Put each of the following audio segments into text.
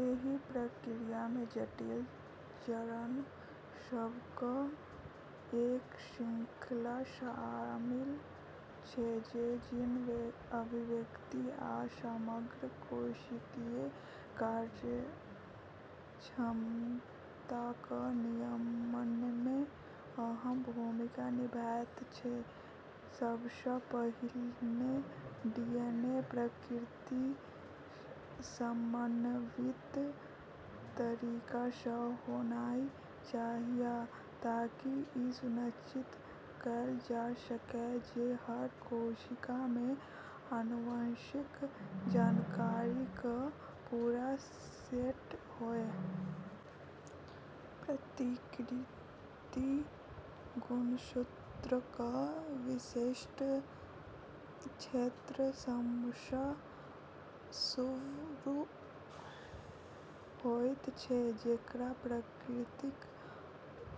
एहि प्रक्रियामे जटिल चरण सभक एक श्रृंखला शामिल छै जे जीन अभिव्यक्ति आ समग्र कोशिकीय कार्यक्षमताक नियमनमे अहम भूमिका निभाबैत छै। सबसँ पहिने डीएनए प्रतिकृति समन्वित तरीकासँ होनाइ चाहिया ताकि ई सुनिश्चित कएल जा सकय जे हर कोशिकामे आनुवंशिक जानकारीक पूरा सेट होय। प्रतिकृति गुणसूत्रक विशिष्ट क्षेत्र सभसँ शुरू होइत छै जेकरा प्रतिकृतिक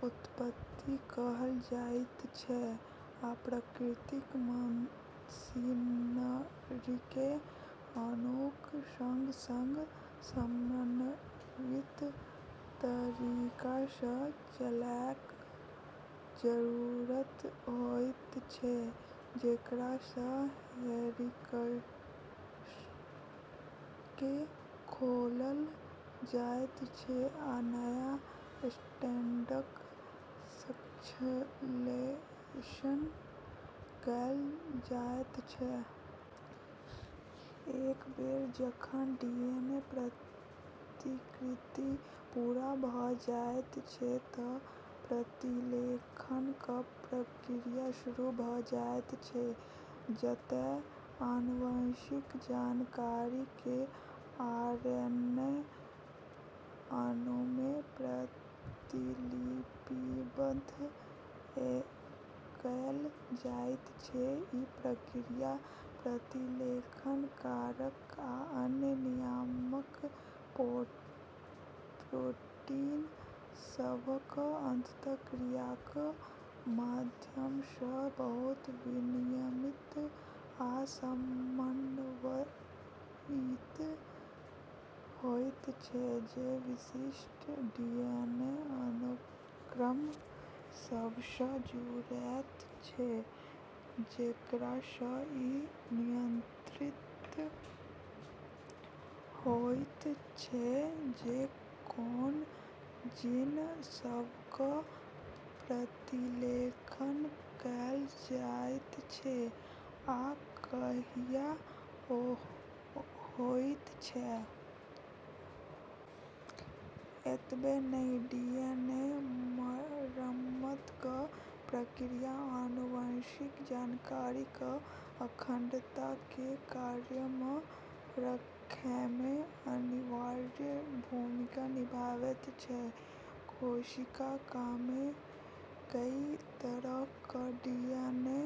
उत्पत्ति कहल जाइत छै, आ प्रतिकृति मशीनरीकेँ अणुक संग-संग समन्वित तरीकासँ चलैक जरूरत होइत छै, जेकरासँ हेलिक्सकेँ खोलल जाइत छै आ नया स्ट्रैंडक संश्लेषण कएल जाइत छै। एक बेर जखन डीएनए प्रतिकृति पूरा भऽ जाइत छै तँ प्रतिलेखनक प्रक्रिया शुरू भऽ जाइत छै, जतय आनुवंशिक जानकारीकेँ आरएनए अणुमे प्रतिलिपिबद्ध कएल जाइत छै। ई प्रक्रिया प्रतिलेखन कारक आ अन्य नियामक प्रोटीन सभक अंतःक्रियाक माध्यमसँ बहुत विनियमित आ समन्वयित होइत छै जे विशिष्ट डीएनए अनुक्रम सभसँ जुड़ैत छै, जेकरासँ ई नियंत्रित होइत छै जे कोन जीन सभक प्रतिलेखन कएल जाइत छै आ कहिया होइत छै। एतबे नहि, डीएनए मरम्मतक प्रक्रिया आनुवंशिक जानकारीक अखंडताकेँ कायम रखैमे अनिवार्य भूमिका निभाबैत छै। कोशिकामे कई तरहक डीएनए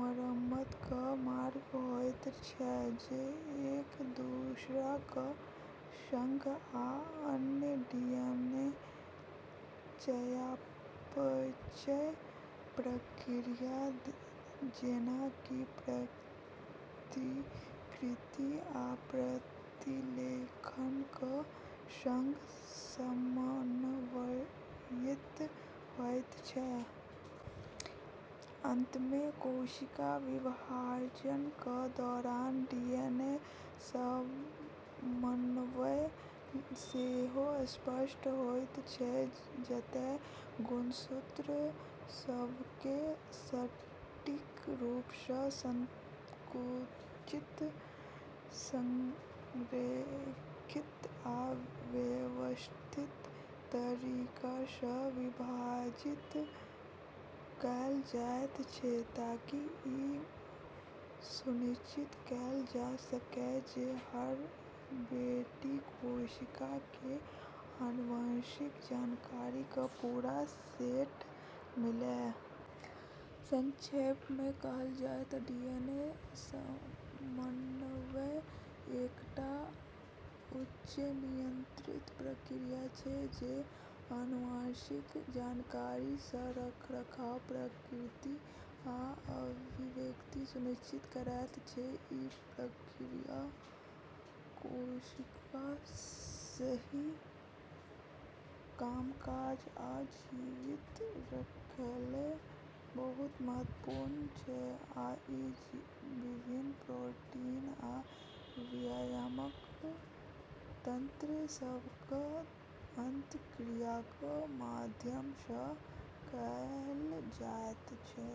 मरम्मतक मार्ग होइत छै जे एक-दूसराक संग आ अन्य डीएनए चयापचय प्रक्रिया जेना कि प्रतिकृति आ प्रतिलेखनक संग समन्वयित होइत छै। अंतमे, कोशिका विभाजनक दौरान डीएनए समन्वय सेहो स्पष्ट होइत छै, जतय गुणसूत्र सभकेँ सटीक रूपसँ संकुचित, संरेखित आ व्यवस्थित तरीकासँ विभाजित कएल जाइत छै ताकि ई सुनिश्चित कएल जा सकय जे हर बेटी कोशिकाकेँ आनुवंशिक जानकारीक पूरा सेट मिलय। संक्षेपमे कहल जाय तँ डीएनएक समन्वय एकटा उच्च नियंत्रित प्रक्रिया छै जे आनुवंशिक जानकारीक सही रखरखाव, प्रतिकृति आ अभिव्यक्ति सुनिश्चित करैत छै। ई प्रक्रिया कोशिकाक सही कामकाज आ जीवित रहैलेल बहुत महत्वपूर्ण छै आ ई विभिन्न प्रोटीन आ नियामक तंत्र सभक अंतःक्रियाक माध्यमसँ कएल जाइत छै।